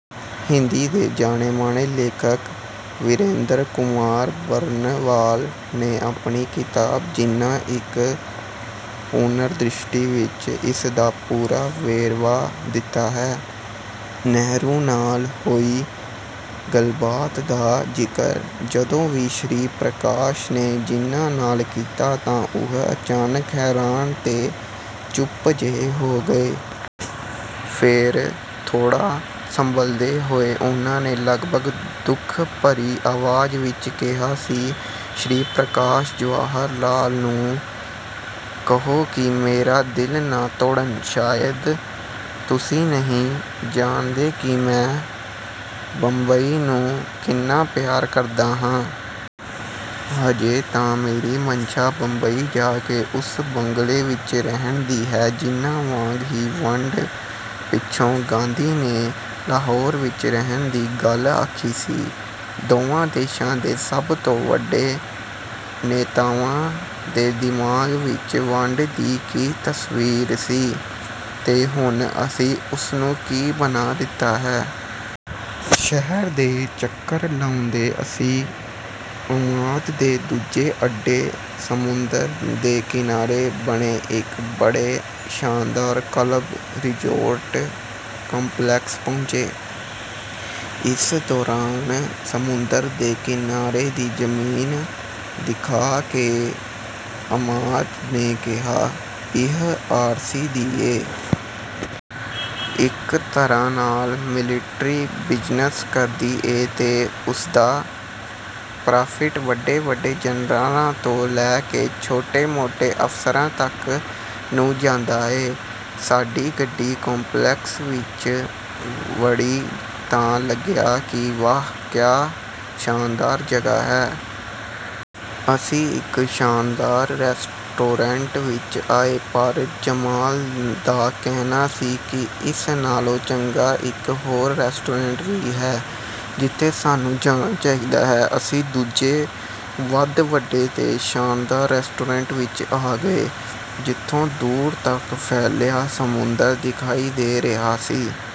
ਹਿੰਦੀ ਦੇ ਜਾਣੇ-ਮਾਣੇ ਲੇਖਕ ਵੀਰੇਂਦਰ ਕੁਮਾਰ ਬਰਨਵਾਲ ਨੇ ਆਪਣੀ ਕਿਤਾਬ 'ਜਿੱਨਾ: ਇੱਕ ਪੁਨਰਦ੍ਰਿਸ਼ਟੀ' ਵਿੱਚ ਇਸ ਦਾ ਪੂਰਾ ਵੇਰਵਾ ਦਿੱਤਾ ਹੈ—"ਨਹਿਰੂ ਨਾਲ ਹੋਈ ਗੱਲਬਾਤ ਦਾ ਜ਼ਿਕਰ ਜਦੋਂ ਵੀ ਸ਼੍ਰੀ ਪ੍ਰਕਾਸ਼ ਨੇ ਜਿੱਨਾ ਨਾਲ ਕੀਤਾ, ਤਾਂ ਉਹ ਅਚਾਨਕ ਹੈਰਾਨ ਤੇ ਚੁੱਪ ਜਿਹੇ ਹੋ ਗਏ। ਫੇਰ ਥੋੜ੍ਹਾ ਸੰਭਲਦੇ ਹੋਏ ਉਹਨਾਂ ਨੇ ਲਗਭਗ ਦੁੱਖ ਭਰੀ ਆਵਾਜ਼ ਵਿੱਚ ਕਿਹਾ ਸੀ, 'ਸ਼੍ਰੀ ਪ੍ਰਕਾਸ਼, ਜਵਾਹਰਲਾਲ ਨੂੰ ਕਹੋ ਕਿ ਮੇਰਾ ਦਿਲ ਨਾ ਤੋੜਨ। ਸ਼ਾਇਦ ਤੁਸੀਂ ਨਹੀਂ ਜਾਣਦੇ ਕਿ ਮੈਂ ਬੰਬਈ ਨੂੰ ਕਿੰਨਾ ਪਿਆਰ ਕਰਦਾ ਹਾਂ। ਅਜੇ ਤਾਂ ਮੇਰੀ ਮੰਸ਼ਾ ਬੰਬਈ ਜਾ ਕੇ ਉਸ ਬੰਗਲੇ ਵਿੱਚ ਰਹਿਣ ਦੀ ਹੈ।'" ਜਿੱਨਾ ਵਾਂਗ ਹੀ ਵੰਡ ਪਿੱਛੋਂ ਗਾਂਧੀ ਨੇ ਲਾਹੌਰ ਵਿੱਚ ਰਹਿਣ ਦੀ ਗੱਲ ਆਖੀ ਸੀ। ਦੋਵਾਂ ਦੇਸ਼ਾਂ ਦੇ ਸਭ ਤੋਂ ਵੱਡੇ ਨੇਤਾਵਾਂ ਦੇ ਦਿਮਾਗ਼ ਵਿੱਚ ਵੰਡ ਦੀ ਕੀ ਤਸਵੀਰ ਸੀ ਤੇ ਹੁਣ ਅਸੀਂ ਉਸਨੂੰ ਕੀ ਬਣਾ ਦਿੱਤਾ ਹੈ। ਸ਼ਹਿਰ ਦੇ ਚੱਕਰ ਲਾਉਂਦੇ ਅਸੀਂ ਅਮਾਦ ਦੇ ਦੂਜੇ ਅੱਡੇ, ਸਮੁੰਦਰ ਦੇ ਕਿਨਾਰੇ ਬਣੇ ਇੱਕ ਬੜੇ ਸ਼ਾਨਦਾਰ ਕਲੱਬ, ਰਿਜ਼ੌਰਟ ਕੰਪਲੈਕਸ ਪਹੁੰਚੇ। ਇਸ ਦੌਰਾਨ ਸਮੁੰਦਰ ਦੇ ਕਿਨਾਰੇ ਦੀ ਜ਼ਮੀਨ ਦਿਖਾ ਕੇ ਅਮਾਦ ਨੇ ਕਿਹਾ, "ਇਹ ਆਰਮੀ ਦੀ ਏ।" ਇੱਕ ਤਰ੍ਹਾਂ ਨਾਲ ਮਿਲਟਰੀ ਬਿਜ਼ਨਸ ਕਰਦੀ ਏ ਤੇ ਉਸਦਾ 'ਪ੍ਰਾਫ਼ਿਟ' ਵੱਡੇ-ਵੱਡੇ ਜਰਨੈਲਾਂ ਤੋਂ ਲੈ ਕੇ ਛੋਟੇ-ਮੋਟੇ ਅਫ਼ਸਰਾਂ ਤੱਕ ਨੂੰ ਜਾਂਦਾ ਏ।" ਸਾਡੀ ਗੱਡੀ ਕੰਪਲੈਕਸ ਵਿੱਚ ਵੜੀ ਤਾਂ ਲੱਗਿਆ ਕਿ ਵਾਹ, ਕਿਆ ਸ਼ਾਨਦਾਰ ਜਗ੍ਹਾ ਹੈ। ਅਸੀਂ ਇੱਕ ਸ਼ਾਨਦਾਰ ਰੈਸਟੋਰੈਂਟ ਵਿੱਚ ਆਏ, ਪਰ ਜਮਾਲ ਦਾ ਕਹਿਣਾ ਸੀ ਕਿ ਇਸ ਨਾਲੋਂ ਚੰਗਾ ਇੱਕ ਹੋਰ ਰੈਸਟੋਰੈਂਟ ਵੀ ਹੈ, ਜਿੱਥੇ ਸਾਨੂੰ ਜਾਣ ਚਾਹੀਦਾ ਹੈ। ਅਸੀਂ ਦੂਜੇ, ਵੱਧ ਵੱਡੇ ਤੇ ਸ਼ਾਨਦਾਰ ਰੈਸਟੋਰੈਂਟ ਵਿੱਚ ਆ ਗਏ, ਜਿੱਥੋਂ ਦੂਰ ਤੱਕ ਫੈਲਿਆ ਸਮੁੰਦਰ ਦਿਖਾਈ ਦੇ ਰਿਹਾ ਸੀ।